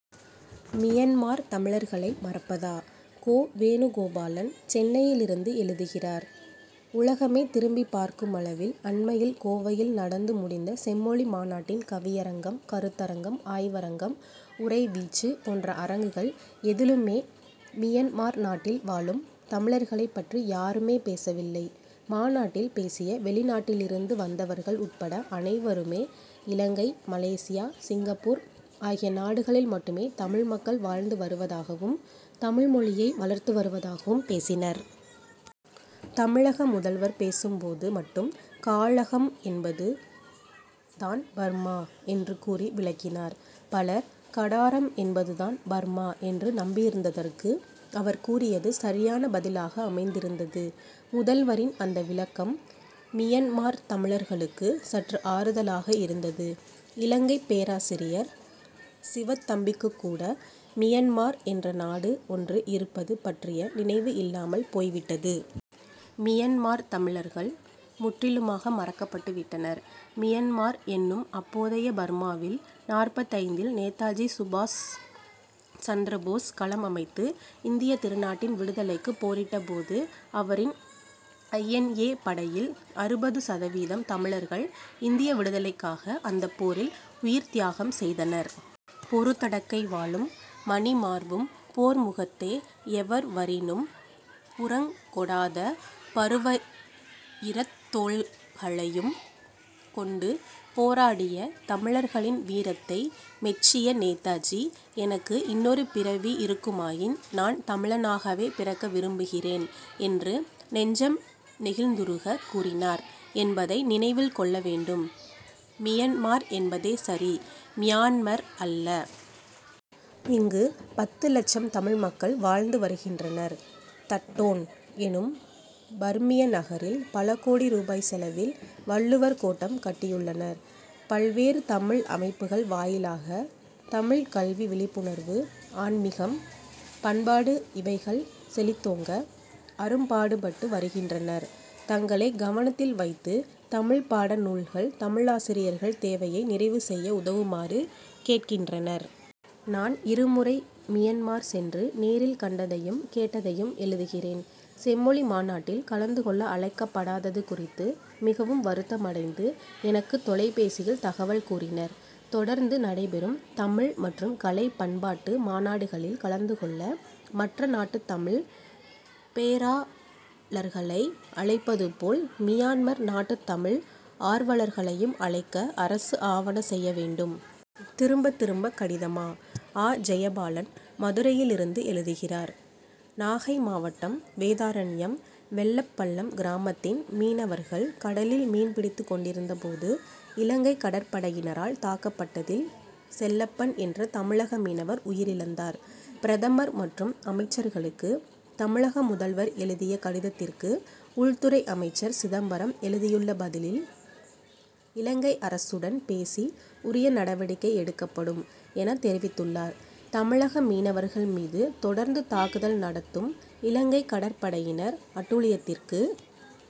Myanmar தமிழர்களை மறப்பதா? கோ. வேணுகோபாலன், சென்னையிலிருந்து எழுதுகிறார் உலகமே திரும்பிப் பார்க்குமளவில், அண்மையில் கோவையில் நடந்து முடிந்த செம்மொழி மாநாட்டின் கவியரங்கம், கருத்தரங்கம், ஆய்வரங்கம் உரை வீச்சு போன்ற அரங்குகள் எதிலுமே, மியன்மார் நாட்டில் வாழும் தமிழர்களைப் பற்றி யாருமே பேசவில்லை. மாநாட்டில் பேசிய, வெளிநாட்டிலிருந்து வந்தவர்கள் உட்பட அனைவருமே, இலங்கை, மலேசியா, சிங்கப்பூர் ஆகிய நாடுகளில் மட்டுமே தமிழ் மக்கள் வாழ்ந்து வருவதாகவும், தமிழ்மொழியை வளர்த்து வருவதாகவும் பேசினர். தமிழக முதல்வர் பேசும் போது மட்டும், காழகம்' என்பது தான் பர்மா என்று கூறி விளக்கினார். பலர், கடாரம்' என்பது தான் பர்மா என்று நம்பியிருந்ததற்கு, அவர் கூறியது சரியான பதிலாக அமைந்திருந்தது. முதல்வரின் அந்த விளக்கம், மியன்மார் தமிழர்களுக்கு சற்று ஆறுதலாக இருந்தது. இலங்கைப் பேராசிரியர் சிவத்தம்பிக்குக் கூட, மியன்மார்' என்ற நாடு ஒன்று இருப்பது பற்றிய நினைவு இல்லாமல் போய்விட்டது. மியன்மார் தமிழர்கள், முற்றிலுமாக மறக்கப்பட்டுவிட்டனர். மியன்மார்' எனும் அப்போதைய பர்மா'வில், நாற்பத்தைந்தில், நேதாஜி சுபாஷ் சந்திரபோஸ் களம் அமைத்து, இந்தியத் திருநாட்டின் விடுதலைக்குப் போரிட்ட போது, அவரின் ஐ. என். ஏ., படையில், அறுபது சதவீதம் தமிழர்கள், இந்திய விடுதலைக்காக, அந்தப் போரில் உயிர்த்தியாகம் செய்தனர். பொருதடக்கை வாளும், மணிமார்பும் போர் முகத்தே எவர்வரினும் புறங்கொடாத பருவயிரத் தோள்களையும் கொண்டு போராடிய தமிழர்களின் வீரத்தை மெச்சிய நேதாஜி, எனக்கு இன்னொரு பிறவி இருக்குமாயின், நான் தமிழனாகவே பிறக்க விரும்புகிறேன்' என்று, நெஞ்சம் நெகிழ்ந்துருகக் கூறினார் என்பதை நினைவில் கொள்ள வேண்டும். மியன்மார் என்பதே சரி; மியான்மர் அல்ல. இங்கு பத்து லட்சம் தமிழ் மக்கள் வாழ்ந்து வருகின்றனர். தட்டோன்' எனும் பர்மிய நகரில், பல கோடி ரூபாய் செலவில், வள்ளுவர் கோட்டம் கட்டியுள்ளனர். பல்வேறு தமிழ் அமைப்புகள் வாயிலாக, தமிழ்க் கல்வி விழிப்புணர்வு, ஆன்மிகம், பண்பாடு இவைகள் செழித்தோங்க, அரும்பாடுபட்டு வருகின்றனர். தங்களைக் கவனத்தில் வைத்து, தமிழ்ப்பாட நூல்கள், தமிழாசிரியர்கள் தேவையை நிறைவு செய்ய உதவுமாறு கேட்கின்றனர். நான் இருமுறை மியன்மார் சென்று நேரில் கண்டதையும், கேட்டதையும் எழுதுகிறேன். செம்மொழி மாநாட்டில் கலந்து கொள்ள அழைக்கப்படாதது குறித்து மிகவும் வருத்தமடைந்து, எனக்கு தொலைபேசியில் தகவல் கூறினர். தொடர்ந்து நடைபெறும் தமிழ் மற்றும் கலை பண்பாட்டு மாநாடுகளில் கலந்து கொள்ள, மற்ற நாட்டுத் தமிழ்ப் பேராளர்களை அழைப்பது போல், மியன்மார் நாட்டுத் தமிழ் ஆர்வலர்களையும் அழைக்க, அரசு ஆவன செய்ய வேண்டும். திரும்ப திரும்ப கடிதமா? அ. ஜெயபாலன், மதுரையிலிருந்து எழுதுகிறார் நாகை மாவட்டம் வேதாரண்யம், வெள்ளப்பள்ளம் கிராமத்தின் மீனவர்கள், கடலில் மீன் பிடித்து கொண்டிருந்த போது, இலங்கை கடற்படையினரால் தாக்கப்பட்டதில், செல்லப்பன் என்ற தமிழக மீனவர் உயிரிழந்தார். பிரதமர் மற்றும் அமைச்சர்களுக்கு, தமிழக முதல்வர் எழுதிய கடிதத்திற்கு, உள்துறை அமைச்சர் சிதம்பரம் எழுதியுள்ள பதிலில், இலங்கை அரசுடன் பேசி உரிய நடவடிக்கை எடுக்கப்படும்' என தெரிவித்துள்ளார். தமிழக மீனவர்கள் மீது தொடர்ந்து தாக்குதல் நடத்தும் இலங்கை கடற்படையினர் அட்டூழியத்திற்கு